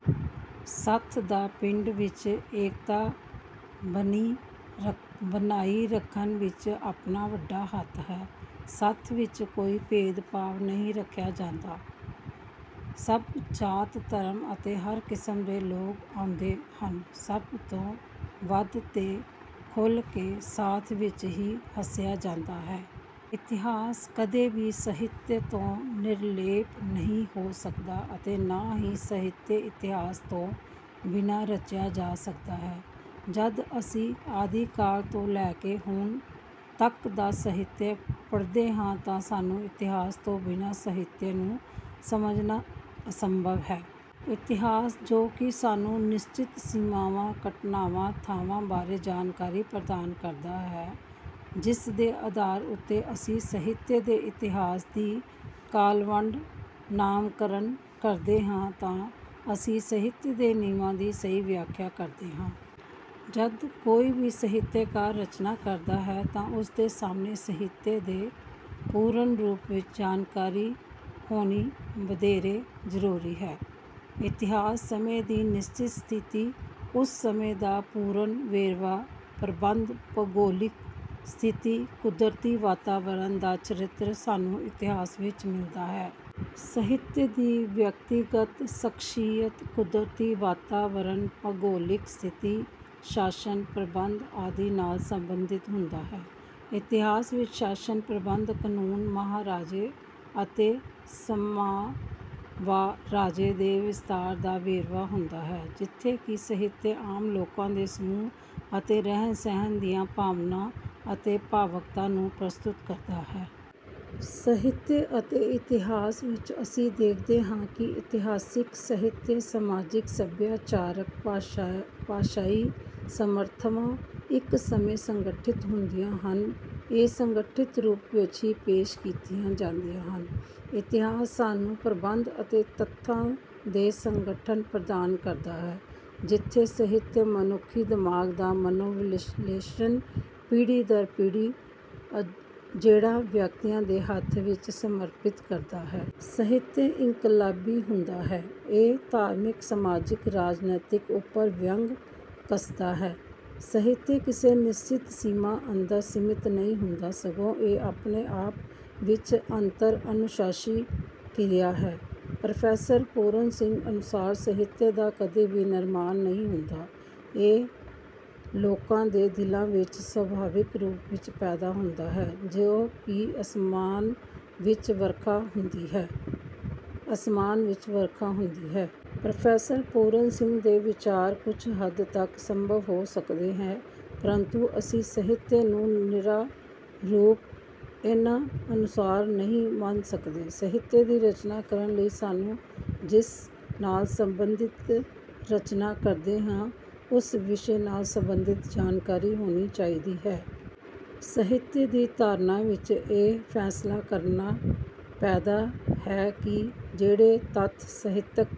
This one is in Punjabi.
ਸੱਥ ਦਾ ਪਿੰਡ ਵਿੱਚ ਏਕਤਾ ਬਣਾਈ ਰੱਖਣ ਵਿੱਚ ਆਪਣਾ ਵੱਡਾ ਹੱਥ ਹੈ। ਸੱਥ ਵਿੱਚ ਕੋਈ ਭੇਦ ਭਾਵ ਨਹੀਂ ਰੱਖਿਆ ਜਾਂਦਾ। ਸਭ ਜਾਤ ਧਰਮ ਅਤੇ ਹਰ ਕਿਸਮ ਦੇ ਲੋਕ ਆਉਂਦੇ ਹਨ। ਸਭ ਤੋਂ ਵੱਧ ਤੇ ਖੁੱਲ੍ਹ ਕੇ ਸੱਥ ਵਿੱਚ ਹੀ ਹੱਸਿਆ ਜਾਂਦਾ ਹੈ। ਇਤਿਹਾਸ ਕਦੇ ਵੀ ਸਾਹਿਤ ਤੋਂ ਨਿਰਲੇਪ ਨਹੀਂ ਹੋ ਸਕਦਾ ਅਤੇ ਨਾ ਹੀ ਸਾਹਿਤ ਇਤਿਹਾਸ ਤੋਂ ਬਿਨਾਂ ਰਚਿਆ ਜਾ ਸਕਦਾ ਹੈ। ਜਦੋਂ ਅਸੀਂ ਆਦਿ ਕਾਲ ਤੋਂ ਲੈ ਕੇ ਹੁਣ ਤੱਕ ਦਾ ਸਾਹਿਤ ਪੜ੍ਹਦੇ ਹਾਂ ਤਾਂ ਸਾਨੂੰ ਇਤਿਹਾਸ ਤੋਂ ਬਿਨਾਂ ਸਾਹਿਤ ਨੂੰ ਸਮਝਣਾ ਅਸੰਭਵ ਹੈ। ਇਤਿਹਾਸ ਜੋ ਕਿ ਸਾਨੂੰ ਨਿਸ਼ਚਿਤ ਸੀਮਾਵਾਂ ਘਟਨਾਵਾਂ ਥਾਵਾਂ ਬਾਰੇ ਜਾਣਕਾਰੀ ਪ੍ਰਦਾਨ ਕਰਦਾ ਹੈ ਜਿਸ ਦੇ ਆਧਾਰ ਉੱਤੇ ਅਸੀਂ ਸਾਹਿਤ ਦੇ ਇਤਿਹਾਸ ਦੀ ਕਾਲਵੰਡ ਨਾਮਕਰਣ ਕਰਦੇ ਹਾਂ ਤਾਂ ਅਸੀਂ ਸਾਹਿਤ ਦੇ ਨਿਯਮਾਂ ਦੀ ਸਹੀ ਵਿਆਖਿਆ ਕਰਦੇ ਹਾਂ। ਜਦੋਂ ਕੋਈ ਵੀ ਸਾਹਿਤਕਾਰ ਰਚਨਾ ਕਰਦਾ ਹੈ ਤਾਂ ਉਸਦੇ ਸਾਹਮਣੇ ਇਤਿਹਾਸ ਦੀ ਪੂਰਨ ਰੂਪ ਵਿੱਚ ਜਾਣਕਾਰੀ ਹੋਣੀ ਵਧੇਰੇ ਜਰੂਰੀ ਹੈ। ਇਤਿਹਾਸ ਸਮੇਂ ਦੀ ਨਿਸ਼ਚਿਤ ਸਥਿਤੀ ਉਸ ਸਮੇਂ ਦਾ ਪੂਰਨ ਵੇਰਵਾ ਪ੍ਰਬੰਧ ਭੂਗੋਲਿਕ ਸਥਿਤੀ ਕੁਦਰਤੀ ਵਾਤਾਵਰਣ ਦਾ ਚਿੱਤਰ ਸਾਨੂੰ ਇਤਿਹਾਸ ਵਿੱਚੋਂ ਮਿਲਦਾ ਹੈ। ਸਾਹਿਤ ਵੀ ਵਿਅਕਤੀਗਤ ਸ਼ਖਸੀਅਤ ਕੁਦਰਤੀ ਵਾਤਾਵਰਣ ਭੂਗੋਲਿਕ ਸਥਿਤੀ ਸ਼ਾਸਨ ਪ੍ਰਬੰਧ ਆਦਿ ਨਾਲ ਸੰਬੰਧਿਤ ਹੁੰਦਾ ਹੈ। ਇਤਿਹਾਸ ਵਿੱਚ ਸ਼ਾਸਨ ਪ੍ਰਬੰਧ ਕਾਨੂੰਨ ਮਹਾਰਾਜੇ ਅਤੇ ਸਾਮਰਾਜ ਦੇ ਵਿਸਤਾਰ ਦਾ ਵੇਰਵਾ ਹੁੰਦਾ ਹੈ ਜਿੱਥੇ ਕਿ ਸਾਹਿਤ ਆਮ ਲੋਕਾਂ ਦੇ ਸਮੂਹ ਅਤੇ ਰਹਿਣ ਸਹਿਣ ਦੀਆਂ ਭਾਵਨਾਵਾਂ ਅਤੇ ਭਾਵੁਕਤਾ ਨੂੰ ਪ੍ਰਸਤੁਤ ਕਰਦਾ ਹੈ। ਸਾਹਿਤ ਅਤੇ ਇਤਿਹਾਸ ਵਿੱਚ ਅਸੀਂ ਦੇਖਦੇ ਹਾਂ ਕਿ ਇਤਿਹਾਸਿਕ ਸਾਹਿਤਕ ਸਮਾਜਿਕ ਸੱਭਿਆਚਾਰਕ ਭਾਸ਼ਾਈ ਸਮਰੱਥਾਵਾਂ ਇੱਕੋ ਸਮੇਂ ਸੰਗਠਿਤ ਹੁੰਦੀਆਂ ਹਨ ਇਹ ਸੰਗਠਿਤ ਰੂਪ ਵਿੱਚ ਹੀ ਪੇਸ਼ ਕੀਤੀਆਂ ਜਾਂਦੀਆਂ ਹਨ। ਇਤਿਹਾਸ ਸਾਨੂੰ ਪ੍ਰਬੰਧ ਅਤੇ ਤੱਥਾਂ ਦੇ ਸੰਗਠਨ ਪ੍ਰਦਾਨ ਕਰਦਾ ਹੈ ਜਿੱਥੇ ਸਾਹਿਤ ਮਨੁੱਖੀ ਦਿਮਾਗ ਦਾ ਮਨੋਵਿਸ਼ਲੇਸ਼ਣ ਪੀੜ੍ਹੀ ਦਰ ਪੀੜ੍ਹੀ ਜਿਹੜਾ ਵਿਅਕਤੀਆਂ ਦੇ ਹੱਥਾਂ ਵਿੱਚ ਸਮਰਪਿਤ ਕਰਦਾ ਹੈ। ਸਾਹਿਤ ਇਨਕਲਾਬੀ ਹੁੰਦਾ ਹੈ। ਇਹ ਧਾਰਮਿਕ ਸਮਾਜਿਕ ਰਾਜਨੀਤੀ ਉੱਪਰ ਵਿਅੰਗ ਕੱਸਦਾ ਹੈ। ਸਾਹਿਤ ਕਿਸੇ ਨਿਸ਼ਚਿਤ ਸੀਮਾ ਅੰਦਰ ਸੀਮਿਤ ਨਹੀਂ ਹੁੰਦਾ ਸਗੋਂ ਇਹ ਆਪਣੇ ਆਪ ਵਿੱਚ ਅੰਤਰ ਅਨੁਸ਼ਾਸਨੀ ਕਿਰਿਆ ਹੈ। ਪ੍ਰੋਫੈਸਰ ਪੂਰਨ ਸਿੰਘ ਅਨੁਸਾਰ ਸਾਹਿਤ ਦਾ ਕਦੇ ਵੀ ਨਿਰਮਾਣ ਨਹੀਂ ਹੁੰਦਾ ਇਹ ਲੋਕਾਂ ਦੇ ਦਿਲਾਂ ਵਿੱਚ ਸੁਭਾਵਕ ਰੂਪ ਵਿੱਚ ਪੈਦਾ ਹੁੰਦਾ ਹੈ ਜਿਵੇਂ ਕਿ ਆਸਮਾਨ ਵਿੱਚ ਵਰਖਾ ਹੁੰਦੀ ਹੈ। ਪ੍ਰੋਫੈਸਰ ਪੂਰਨ ਸਿੰਘ ਦੇ ਵਿਚਾਰ ਕੁੱਝ ਹੱਦ ਤੱਕ ਸੰਭਵ ਹੋ ਸਕਦਾ ਹੈ ਪਰੰਤੂ ਅਸੀਂ ਸਾਹਿਤ ਨੂੰ ਨਿਰਾ ਪੂਰਾ ਇਹਨਾਂ ਅਨੁਸਾਰ ਨਹੀਂ ਮੰਨ ਸਕਦੇ। ਸਾਹਿਤ ਦੀ ਰਚਨਾ ਕਰਨ ਲਈ ਸਾਨੂੰ ਜਿਸ ਨਾਲ ਸੰਬੰਧਿਤ ਰਚਨਾ ਕਰਦੇ ਹਾਂ ਉਸ ਵਿਸ਼ੇ ਨਾਲ ਸੰਬੰਧਿਤ ਜਾਣਕਾਰੀ ਹੋਣੀ ਚਾਹੀਦੀ ਹੈ। ਸਾਹਿਤ ਦੀ ਧਾਰਨਾ ਵਿੱਚ ਇਹ ਫੈਸਲਾ ਕਰਨਾ ਪੈਂਦਾ ਹੈ ਕਿ ਕਿਹੜੇ ਤੱਥ ਸਾਹਿਤਕ